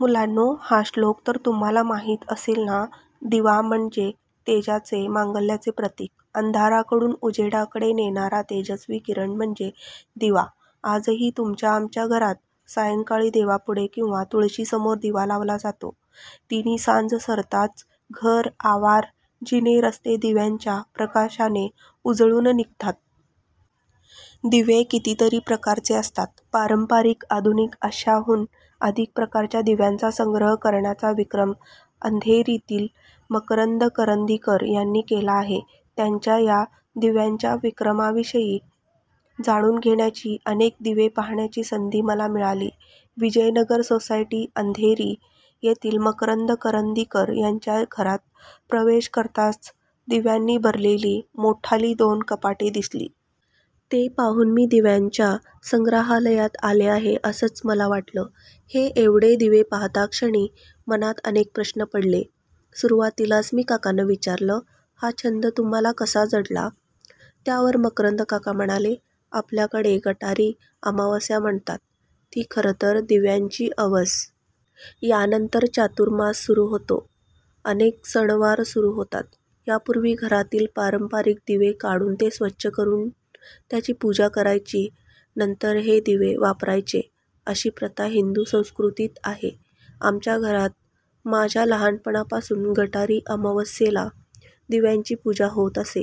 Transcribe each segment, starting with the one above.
मुलांनो, हा श्लोक तर तुम्हांला माहीत असेल ना! दिवा म्हणजे तेजाचे, मांगल्याचे प्रतीक. अंधाराकडून उजेडाकडे नेणारा तेजस्वी किरण म्हणजे दिवा. आजही तुमच्या-आमच्या घरात सायंकाळी देवापुढे किंवा तुळशीसमोर दिवा लावला जातो. तिन्हीसांज सरताच घर, आवार, जिने, रस्ते दिव्यांच्या प्रकाशाने उजळून निघतात. दिवे कितीतरी प्रकारचे असतात. पारंपरिक, आधुनिक अशा हून अधिक प्रकारच्या दिव्यांचा संग्रह करण्याचा विक्रम, अंधेरीतील मकरंद करंदीकर यांनी केला आहे. त्यांच्या या दिव्यांच्या विक्रमाविषयी जाणून घेण्याची, अनेक दिवे पाहण्याची संधी मला मिळाली. विजयनगर सोसायटी अंधेरी येथील मकरंद करंदीकर यांच्या घरात प्रवेश करताच दिव्यांनी भरलेली मोठाली दोन कपाटे दिसली. ते पाहून मी दिव्यांच्या संग्रहालयात आले आहे, असंच मला वाटलं. हे एवढे दिवे पाहतक्षणी मनात अनेक प्रश्न पडले. सुरुवातीलाच मी काकांना विचारलं- "हा छंद तुम्हांला कसा जडला? " त्यावर मकरंद काका म्हणाले, "आपल्याकडे गटारी अमावास्या म्हणतात, ती खरंतर दिव्यांची अवस. यानंतर चातुर्मास सुरू होतो. अनेक सणवार सुरू होतात. यापूर्वी घरातील पारंपरिक दिवे काढून ते स्वच्छ करून त्याची पूजा करायची, नंतर हे दिवे वापरायचे, अशी प्रथा हिंदू संस्कृतीत आहे. आमच्या घरात माझ्या लहानपणापासून गटारी अमावास्येला दिव्यांची पूजा होत असे.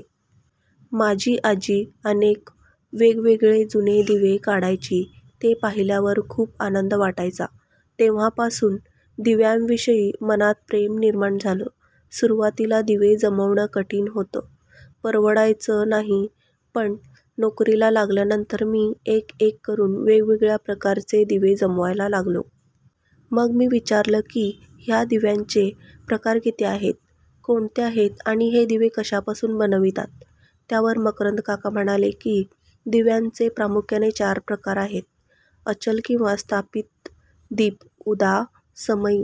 माझी आजी अनेक वेगवेगळे जुने दिवे काढायची ते पाहिल्यावर खूप आनंद वाटायचा. तेव्हापासून दिव्यांविषयी मनात प्रेम निर्माण झालं. सुरूवातीला दिवे जमवणं कठीण होतं. परवडायचं नाही. पण नोकरीला लागल्यानंतर मी एक-एक करुन वेगवेगळ्या प्रकारचे दिवे जमवायला लागलो. " मग मी विचारलं की ह्या दिव्यांचे प्रकार किती आहेत, कोणते आहेत आणि हे दिवे कशापासून बनवितात? त्यावर मकरंद काका म्हणाले की, दिव्यांचे प्रामुख्याने चार प्रकार आहेत.. अचल किंवा स्थापित दीप उदा. समई.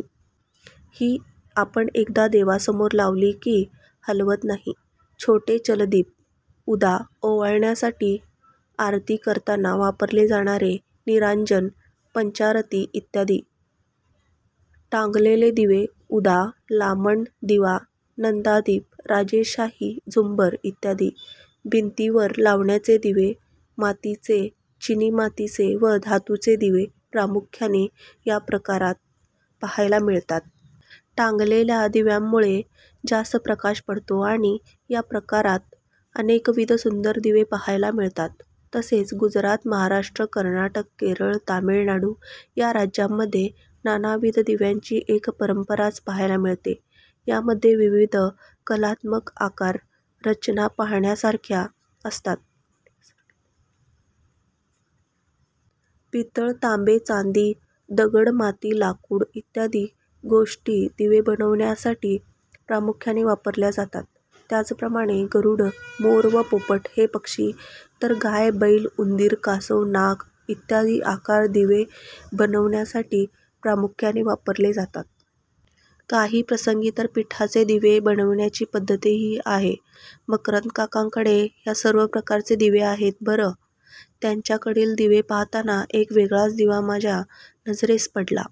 ही आपण एकदा देवासमोर लावली की हलवत नाही.. छोटे चल दीप- उदा. ओवाळण्यासाठी, आरती करतांना वापरले जाणारे निरांजन, पंचारती इत्यादी.. टांगलेले दिवे- उदा. लामण दिवा, नंदादीप, राजेशाही झुंबर इत्यादी.. भिंतीवर लावण्याचे दिवे- मातीचे, चीनी मातीचे व धातूचे दिवे प्रामुख्याने या प्रकारात पाहायला मिळतात. टांगलेल्या दिव्यांमुळे जास्त प्रकाश पडतो आणि या प्रकारात अनेकविध सुंदर दिवे पहायला मिळतात. तसेच गुजरात, महाराष्ट्र, कर्नाटक, केरळ, तामिळनाडू या राज्यांमध्ये नानाविध दिव्यांची एक परंपराच पहायला मिळते. यामध्ये विविध कलात्मक आकार, रचना पाहण्यासारख्या असतात. पितळ, तांबे, चांदी, दगड, माती, लाकूड इत्यादी गोष्टी दिवे बनविण्यासाठी प्रामुख्याने वापरल्या जातात. त्याचप्रमाणे गरुड, मोर व पोपट हे पक्षी तर गाय, बैल, उंदीर, कासव, नाग इत्यादी आकार दिवे बनविण्यासाठी प्रामुख्याने वापरले जातात. काही प्रसंगी तर पीठाचे दिवे बनविण्याची पद्धतही आहे. मकरंद काकांकडे ह्या सर्व प्रकारचे दिवे आहेत बरं. त्यांच्याकडील दिवे पाहताना एक वेगळाच दिवा माझ्या नजरेस पडला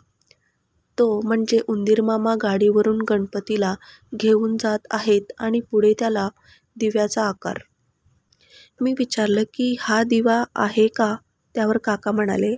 तो म्हणजे उंदीरमामा गाडीवरून गणपतीला घेऊन जात आहेत आणि पुढे त्याला दिव्याचा आकार. मी विचारलं की हा दिवा आहे का? त्यावर काका म्हणाले